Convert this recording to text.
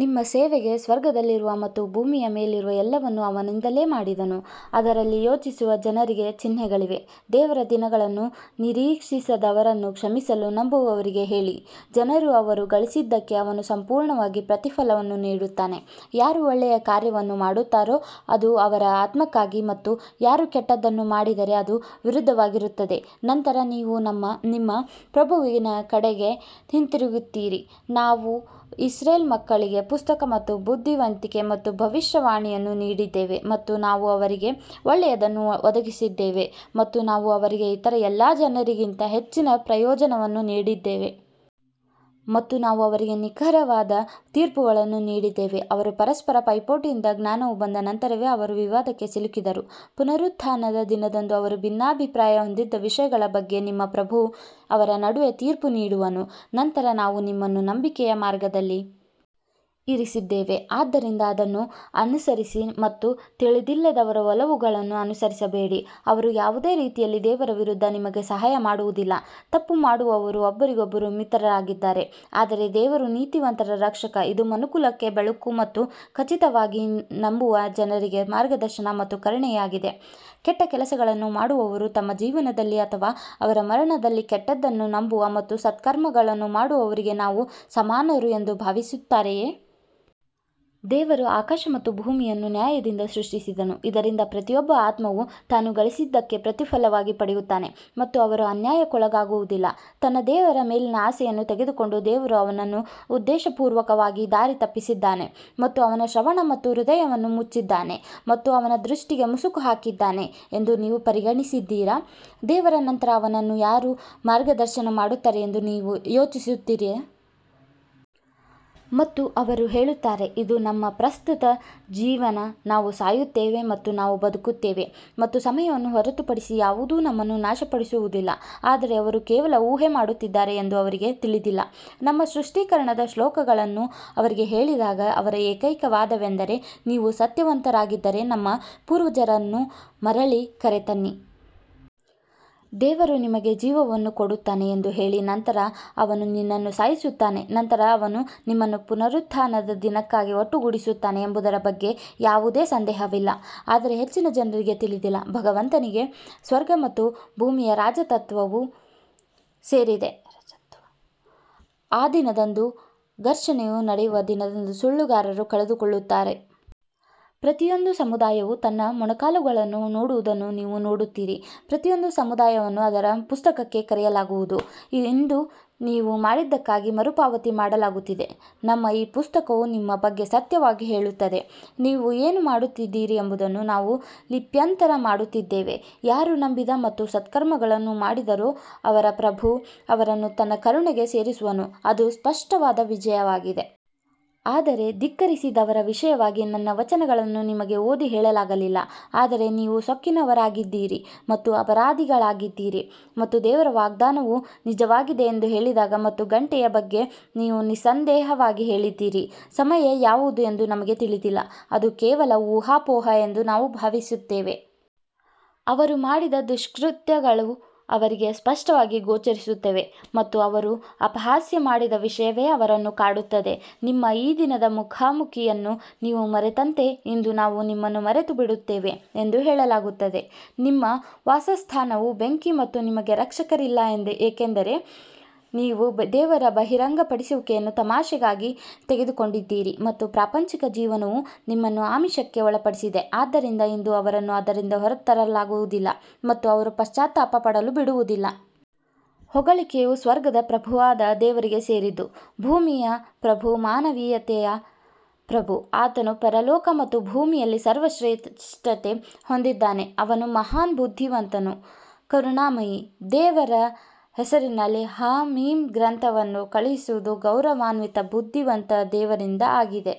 ನಿಮ್ಮ ಸೇವೆಗೆ ಸ್ವರ್ಗದಲ್ಲಿರುವ ಮತ್ತು ಭೂಮಿಯ ಮೇಲಿರುವ ಎಲ್ಲವನ್ನೂ ಅವನಿಂದಲೇ ಮಾಡಿದನು, ಅದರಲ್ಲಿ ಯೋಚಿಸುವ ಜನರಿಗೆ ಚಿಹ್ನೆಗಳಿವೆ. ದೇವರ ದಿನಗಳನ್ನು ನಿರೀಕ್ಷಿಸದವರನ್ನು ಕ್ಷಮಿಸಲು ನಂಬುವವರಿಗೆ ಹೇಳಿ, ಜನರು ಅವರು ಗಳಿಸಿದ್ದಕ್ಕೆ ಅವನು ಸಂಪೂರ್ಣವಾಗಿ ಪ್ರತಿಫಲವನ್ನು ನೀಡುತ್ತಾನೆ. ಯಾರು ಒಳ್ಳೆಯ ಕಾರ್ಯವನ್ನು ಮಾಡುತ್ತಾರೋ ಅದು ಅವರ ಆತ್ಮಕ್ಕಾಗಿ ಮತ್ತು ಯಾರು ಕೆಟ್ಟದ್ದನ್ನು ಮಾಡಿದರೆ ಅದು ವಿರುದ್ಧವಾಗಿರುತ್ತದೆ ನಂತರ ನೀವು ನಿಮ್ಮ ಪ್ರಭುವಿನ ಕಡೆಗೆ ಹಿಂತಿರುಗುತ್ತೀರಿ ನಾವು ಇಸ್ರೇಲ್ ಮಕ್ಕಳಿಗೆ ಪುಸ್ತಕ ಮತ್ತು ಬುದ್ಧಿವಂತಿಕೆ ಮತ್ತು ಭವಿಷ್ಯವಾಣಿಯನ್ನು ನೀಡಿದ್ದೇವೆ ಮತ್ತು ನಾವು ಅವರಿಗೆ ಒಳ್ಳೆಯದನ್ನು ಒದಗಿಸಿದ್ದೇವೆ ಮತ್ತು ನಾವು ಅವರಿಗೆ ಇತರ ಎಲ್ಲ ಜನರಿಗಿಂತ ಹೆಚ್ಚಿನ ಪ್ರಯೋಜನವನ್ನು ನೀಡಿದ್ದೇವೆ. ಮತ್ತು ನಾವು ಅವರಿಗೆ ನಿಖರವಾದ ತೀರ್ಪುಗಳನ್ನು ನೀಡಿದ್ದೇವೆ, ಅವರು ಪರಸ್ಪರ ಪೈಪೋಟಿಯಿಂದ ಜ್ಞಾನವು ಬಂದ ನಂತರವೇ ಅವರು ವಿವಾದಕ್ಕೆ ಸಿಲುಕಿದರು, ಪುನರುತ್ಥಾನದ ದಿನದಂದು ಅವರು ಭಿನ್ನಾಭಿಪ್ರಾಯ ಹೊಂದಿದ್ದ ವಿಷಯಗಳ ಬಗ್ಗೆ ನಿಮ್ಮ ಪ್ರಭು ಅವರ ನಡುವೆ ತೀರ್ಪು ನೀಡುವನು. ನಂತರ ನಾವು ನಿಮ್ಮನ್ನು ನಂಬಿಕೆಯ ಮಾರ್ಗದಲ್ಲಿ ಇರಿಸಿದ್ದೇವೆ ಆದ್ದರಿಂದ ಅದನ್ನು ಅನುಸರಿಸಿ ಮತ್ತು ತಿಳಿದಿಲ್ಲದವರ ಒಲವುಗಳನ್ನು ಅನುಸರಿಸಬೇಡಿ ಅವರು ಯಾವುದೇ ರೀತಿಯಲ್ಲಿ ದೇವರ ವಿರುದ್ಧ ನಿಮಗೆ ಸಹಾಯ ಮಾಡುವುದಿಲ್ಲ, ತಪ್ಪು ಮಾಡುವವರು ಒಬ್ಬರಿಗೊಬ್ಬರು ಮಿತ್ರರಾಗಿದ್ದಾರೆ ಆದರೆ ದೇವರು ನೀತಿವಂತರ ರಕ್ಷಕ ಇದು ಮನುಕುಲಕ್ಕೆ ಬೆಳಕು ಮತ್ತು ಖಚಿತವಾಗಿ ನಂಬುವ ಜನರಿಗೆ ಮಾರ್ಗದರ್ಶನ ಮತ್ತು ಕರುಣೆಯಾಗಿದೆ ಕೆಟ್ಟ ಕೆಲಸಗಳನ್ನು ಮಾಡುವವರು ತಮ್ಮ ಜೀವನದಲ್ಲಿ ಅಥವಾ ಅವರ ಮರಣದಲ್ಲಿ ಕೆಟ್ಟದ್ದನ್ನು ನಂಬುವ ಮತ್ತು ಸತ್ಕರ್ಮಗಳನ್ನು ಮಾಡುವವರಿಗೆ ನಾವು ಸಮಾನರು ಎಂದು ಭಾವಿಸುತ್ತಾರೆಯೇ? ದೇವರು ಆಕಾಶ ಮತ್ತು ಭೂಮಿಯನ್ನು ನ್ಯಾಯದಿಂದ ಸೃಷ್ಟಿಸಿದನು, ಇದರಿಂದ ಪ್ರತಿಯೊಬ್ಬ ಆತ್ಮವು ತಾನು ಗಳಿಸಿದ್ದಕ್ಕೆ ಪ್ರತಿಫಲವನ್ನು ಪಡೆಯುತ್ತಾನೆ ಮತ್ತು ಅವರು ಅನ್ಯಾಯಕ್ಕೊಳಗಾಗುವುದಿಲ್ಲ ತನ್ನ ದೇವರ ಮೇಲಿನ ಆಸೆಯನ್ನು ತೆಗೆದುಕೊಂಡು ದೇವರು ಅವನನ್ನು ಉದ್ದೇಶಪೂರ್ವಕವಾಗಿ ದಾರಿ ತಪ್ಪಿಸಿದ್ದಾನೆ ಮತ್ತು ಅವನ ಶ್ರವಣ ಮತ್ತು ಹೃದಯವನ್ನು ಮುಚ್ಚಿದ್ದಾನೆ ಮತ್ತು ಅವನ ದೃಷ್ಟಿಗೆ ಮುಸುಕು ಹಾಕಿದ್ದಾನೆ ಎಂದು ನೀವು ಪರಿಗಣಿಸಿದ್ದೀರಾ, ದೇವರ ನಂತರ ಅವನನ್ನು ಯಾರು ಮಾರ್ಗದರ್ಶನ ಮಾಡುತ್ತಾರೆ ಎಂದು ನೀವು ಯೋಚಿಸುತ್ತೀರಾ? ಮತ್ತು ಅವರು ಹೇಳುತ್ತಾರೆ ಇದು ನಮ್ಮ ಪ್ರಸ್ತುತ ಜೀವನ ನಾವು ಸಾಯುತ್ತೇವೆ ಮತ್ತು ನಾವು ಬದುಕುತ್ತೇವೆ ಮತ್ತು ಸಮಯವನ್ನು ಹೊರತುಪಡಿಸಿ ಯಾವುದೂ ನಮ್ಮನ್ನು ನಾಶಪಡಿಸುವುದಿಲ್ಲ ಆದರೆ ಅವರು ಕೇವಲ ಊಹೆ ಮಾಡುತ್ತಿದ್ದಾರೆ ಎಂದು ಅವರಿಗೆ ತಿಳಿದಿಲ್ಲ. ನಮ್ಮ ಸ್ಪಷ್ಟೀಕರಣದ ಶ್ಲೋಕಗಳನ್ನು ಅವರಿಗೆ ಹೇಳಿದಾಗ ಅವರ ಏಕೈಕ ವಾದವೆಂದರೆ ನೀವು ಸತ್ಯವಂತರಾಗಿದ್ದರೆ ನಮ್ಮ ಪೂರ್ವಜರನ್ನು ಮರಳಿ ಕರೆತನ್ನಿ. ದೇವರು ನಿಮಗೆ ಜೀವವನ್ನು ಕೊಡುತ್ತಾನೆ ಎಂದು ಹೇಳಿ ನಂತರ ಅವನು ನಿನ್ನನ್ನು ಸಾಯಿಸುತ್ತಾನೆ ನಂತರ ಅವನು ನಿಮ್ಮನ್ನು ಪುನರುತ್ಥಾನದ ದಿನಕ್ಕಾಗಿ ಒಟ್ಟುಗೂಡಿಸುತ್ತಾನೆ ಎಂಬುದರ ಬಗ್ಗೆ ಯಾವುದೇ ಸಂದೇಹವಿಲ್ಲ ಆದರೆ ಹೆಚ್ಚಿನ ಜನರಿಗೆ ತಿಳಿದಿಲ್ಲ ಭಗವಂತನಿಗೆ ಸ್ವರ್ಗ ಮತ್ತು ಭೂಮಿಯ ರಾಜತ್ವವು ಸೇರಿದೆ ಆ ದಿನದಂದು ಘರ್ಷಣೆಯು ನಡೆಯುವ ದಿನದಂದು ಸುಳ್ಳುಗಾರರು ಕಳೆದುಕೊಳ್ಳುತ್ತಾರೆ. ಪ್ರತಿಯೊಂದು ಸಮುದಾಯವು ತನ್ನ ಮೊಣಕಾಲುಗಳನ್ನು ನೋಡುವುದನ್ನು ನೀವು ನೋಡುತ್ತೀರಿ ಪ್ರತಿಯೊಂದು ಸಮುದಾಯವನ್ನು ಅದರ ಪುಸ್ತಕಕ್ಕೆ ಕರೆಯಲಾಗುವುದು ಇಂದು ನೀವು ಮಾಡಿದ್ದಕ್ಕಾಗಿ ಮರುಪಾವತಿ ಮಾಡಲಾಗುತ್ತಿದೆ ನಮ್ಮ ಈ ಪುಸ್ತಕವು ನಿಮ್ಮ ಬಗ್ಗೆ ಸತ್ಯವಾಗಿ ಹೇಳುತ್ತದೆ, ನೀವು ಏನು ಮಾಡುತ್ತಿದ್ದೀರಿ ಎಂಬುದನ್ನು ನಾವು ಲಿಪ್ಯಂತರ ಮಾಡುತ್ತಿದ್ದೇವೆ ಯಾರು ನಂಬಿದ ಮತ್ತು ಸತ್ಕರ್ಮಗಳನ್ನು ಮಾಡಿದರೋ ಅವರ ಪ್ರಭು ಅವರನ್ನು ತನ್ನ ಕರುಣೆಗೆ ಸೇರಿಸುವನು ಅದು ಸ್ಪಷ್ಟವಾದ ವಿಜಯವಾಗಿದೆ. ಆದರೆ ಧಿಕ್ಕರಿಸಿದವರ ವಿಷಯವಾಗಿ ನನ್ನ ವಚನಗಳನ್ನು ನಿಮಗೆ ಓದಿ ಹೇಳಲಾಗಲಿಲ್ಲ ಆದರೆ ನೀವು ಸೊಕ್ಕಿನವರಾಗಿದ್ದೀರಿ ಮತ್ತು ಅಪರಾಧಿಗಳಾಗಿದ್ದೀರಿ. ಮತ್ತು ದೇವರ ವಾಗ್ದಾನವು ನಿಜವಾಗಿದೆ ಎಂದು ಹೇಳಿದಾಗ ಮತ್ತು ಗಂಟೆಯ ಬಗ್ಗೆ ನೀವು ನಿಸ್ಸಂದೇಹವಾಗಿ ಹೇಳಿದ್ದೀರಿ, ಸಮಯ ಯಾವುದು ಎಂದು ನಮಗೆ ತಿಳಿದಿಲ್ಲ, ಅದು ಕೇವಲ ಊಹಾಪೋಹ ಎಂದು ನಾವು ಭಾವಿಸುತ್ತೇವೆ. ಅವರು ಮಾಡಿದ ದುಷ್ಕೃತ್ಯಗಳು ಅವರಿಗೆ ಸ್ಪಷ್ಟವಾಗಿ ಗೋಚರಿಸುತ್ತವೆ ಮತ್ತು ಅವರು ಅಪಹಾಸ್ಯ ಮಾಡಿದ ವಿಷಯವೇ ಅವರನ್ನು ಕಾಡುತ್ತದೆ ನಿಮ್ಮ ಈ ದಿನದ ಮುಖಾಮುಖಿಯನ್ನು ನೀವು ಮರೆತಂತೆ ಇಂದು ನಾವು ನಿಮ್ಮನ್ನು ಮರೆತುಬಿಡುತ್ತೇವೆ ಎಂದು ಹೇಳಲಾಗುತ್ತದೆ ನಿಮ್ಮ ವಾಸಸ್ಥಾನವು ಬೆಂಕಿ ಮತ್ತು ನಿಮಗೆ ರಕ್ಷಕರಿಲ್ಲ ಏಕೆಂದರೆ ನೀವು ದೇವರ ಬಹಿರಂಗಪಡಿಸುವಿಕೆಯನ್ನು ತಮಾಷೆಗಾಗಿ ತೆಗೆದುಕೊಂಡಿದ್ದೀರಿ ಮತ್ತು ಪ್ರಾಪಂಚಿಕ ಜೀವನವು ನಿಮ್ಮನ್ನು ಆಮಿಷಕ್ಕೆ ಒಳಪಡಿಸಿದೆ ಆದ್ದರಿಂದ ಇಂದು ಅವರನ್ನು ಅದರಿಂದ ಹೊರತರಲಾಗುವುದಿಲ್ಲ ಮತ್ತು ಅವರು ಪಶ್ಚಾತ್ತಾಪ ಪಡಲು ಬಿಡುವುದಿಲ್ಲ. ಹೊಗಳಿಕೆಯು ಸ್ವರ್ಗದ ಪ್ರಭುವಾದ ದೇವರಿಗೆ ಸೇರಿದ್ದು, ಭೂಮಿಯ ಪ್ರಭು ಮಾನವೀಯತೆಯ ಪ್ರಭು ಆತನು ಪರಲೋಕ ಮತ್ತು ಭೂಮಿಯಲ್ಲಿ ಸರ್ವಶ್ರೇಷ್ಠತೆ ಹೊಂದಿದ್ದಾನೆ, ಅವನು ಮಹಾನ್ ಬುದ್ಧಿವಂತನು ಕರುಣಾಮಯಿ ದೇವರ ಹೆಸರಿನಲ್ಲಿ ಹಾ ಮೀಮ್ ಗ್ರಂಥವನ್ನು ಕಳುಹಿಸುವುದು ಗೌರವಾನ್ವಿತ ಬುದ್ಧಿವಂತ ದೇವರಿಂದ ಆಗಿದೆ.